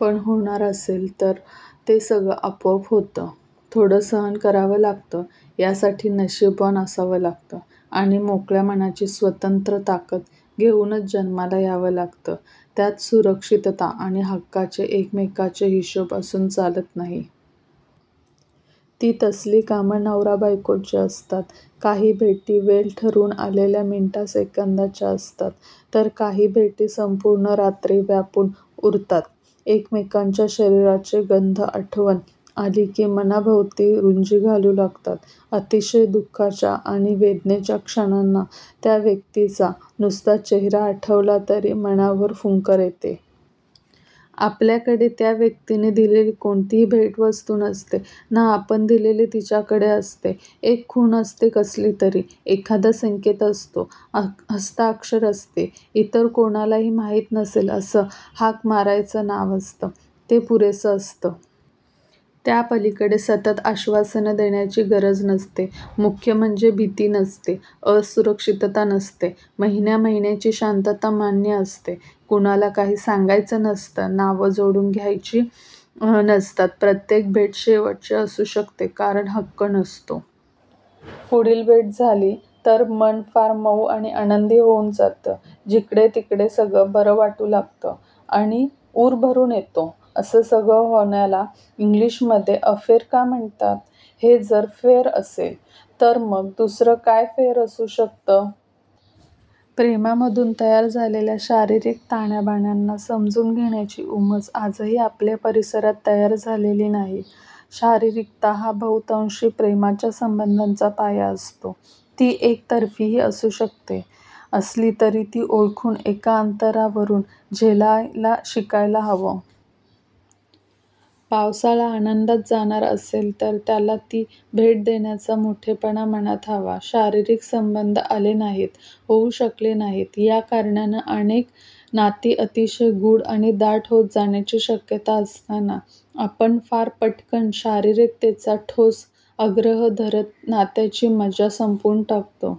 पण होणार असेल तर ते सगळं आपोआप होतं. थोडं सहन करावं लागतं. यासाठी नशीबवान असावं लागतं आणि मोकळ्या मनाची स्वतंत्र ताकद घेऊनच जन्माला यावं लागतं. त्यात सुरक्षितता आणि हक्काचे एकमेकांवरचे हिशोब असून चालत नाही. ती तसली कामं नवराबायकोंची असतात. काही भेटी वेळ ठरवून आलेल्या मिनिटासेकंदाच्या असतात, तर काही भेटी संपूर्ण रात्री व्यापून उरतात. एकमेकांच्या शरीराचे गंध आठवण आली की मनाभोवती रुंजी घालू लागतात. अतिशय दुःखाच्या आणि वेदनेच्या क्षणांना त्या व्यक्तीचा नुसता चेहरा आठवला तरी मनावर फुंकर येते. आपल्याकडे त्या व्यक्तीनं दिलेली कोणतीही भेटवस्तू नसते, ना आपण दिलेली तिच्याकडे असते. एक खूण असते कसलीतरी. एखादा संकेत असतो. हस्ताक्षर असतं. इतर कुणालाही माहीत नसेल असं हाक मारायचं नाव असतं. ते पुरेसं असतं. त्या पलीकडे सतत आश्वासनं देण्याची गरज नसते. मुख्य म्हणजे भीती नसते. असुरक्षितता नसते. महिन्यामहिन्यांची शांतता मान्य असते. कुणाला काही सांगायचं नसतं. नावं जोडून घ्यायची नसतात. प्रत्येक भेट शेवटची असू शकते. कारण हक्क नसतो. पुढची भेट झाली तर मन फार मऊ आणि आनंदी होऊन जातं. जिकडेतिकडे सगळं बरं वाटू लागतं आणि ऊर भरून येतो. असं सगळं होण्याला इंग्रजीमध्ये अफेअर का म्हणतात? हे जर फेअर नसेल तर मग दुसरं काय फेअर असू शकतं? प्रेमामधून तयार झालेल्या शारीरिक ताण्याबाण्यांना समजून घेण्याची उमज आजही आपल्या परिसरात तयार झालेली नाही. शारीरिकता हा बहुतांशी प्रेमाच्या संबंधाचा पाया असतो. ती एकतर्फीही असू शकते. असली तरी ती ओळखून एका अंतरावरून झेलायला शिकायला हवं. पावसाळा आनंदात जाणार असेल तर त्याला ती भेट देण्याचा मोठेपणा मनात हवा. शारीरिक संबंध आले नाहीत, होऊ शकले नाहीत या कारणानं अनेक नाती अतिशय गूढ आणि दाट होत जाण्याची शक्यता असताना आपण फार पटकन शारीरिकतेचा ठोस आग्रह धरत नात्यांची मजा संपवून टाकतो.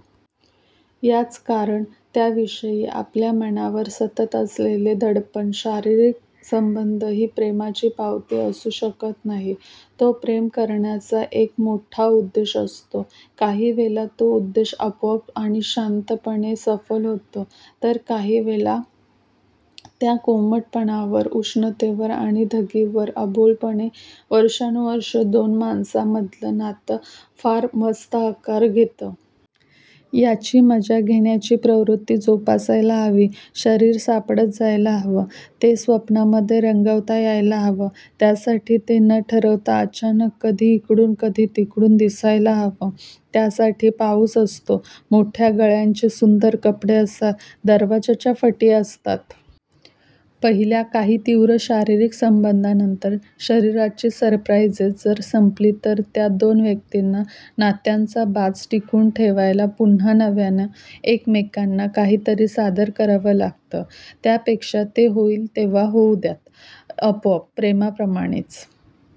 याचं कारण त्याविषयी आपल्या मनात सतत असलेलं दडपण. शारीरिक संबंध ही प्रेमाची पावती असू शकत नाही. तो प्रेम करण्याचा एक मोठा उद्देश असतो. काही वेळा तो उद्देश आपोआप आणि शांतपणे सफल होतो तर काही वेळा त्याच्या कोमटपणावर, उष्णतेवर आणि धगीवर अबोलपणे वर्षानुवर्षं दोन माणसांमधलं नातं फार मस्त आकार घेतं. याची मजा घेण्याची प्रवृत्ती जोपासायलाच हवी. शरीर सापडत जायला हवं. ते स्वप्नांमध्ये रंगवता यायला हवं. त्यासाठी ते न ठरवता अचानक कधी इकडून कधी तिकडून दिसायला हवं. त्यासाठी पाऊस असतो, मोठ्या गळ्यांचे सुंदर कपडे असतात, दरवाज्यांच्या फटी असतात. पहिल्या काही तीव्र शारीरिक संबंधांनंतर, शरीराची सरप्राईझेस जर संपली तर त्या दोन व्यक्तींना नात्याचा बाज टिकवून ठेवायला पुन्हा नव्यानं एकमेकांना काहीतरी सादर करावं लागतं. त्यापेक्षा ते होईल तेव्हा होऊ द्यावं. आपोआप. प्रेमाप्रमाणेच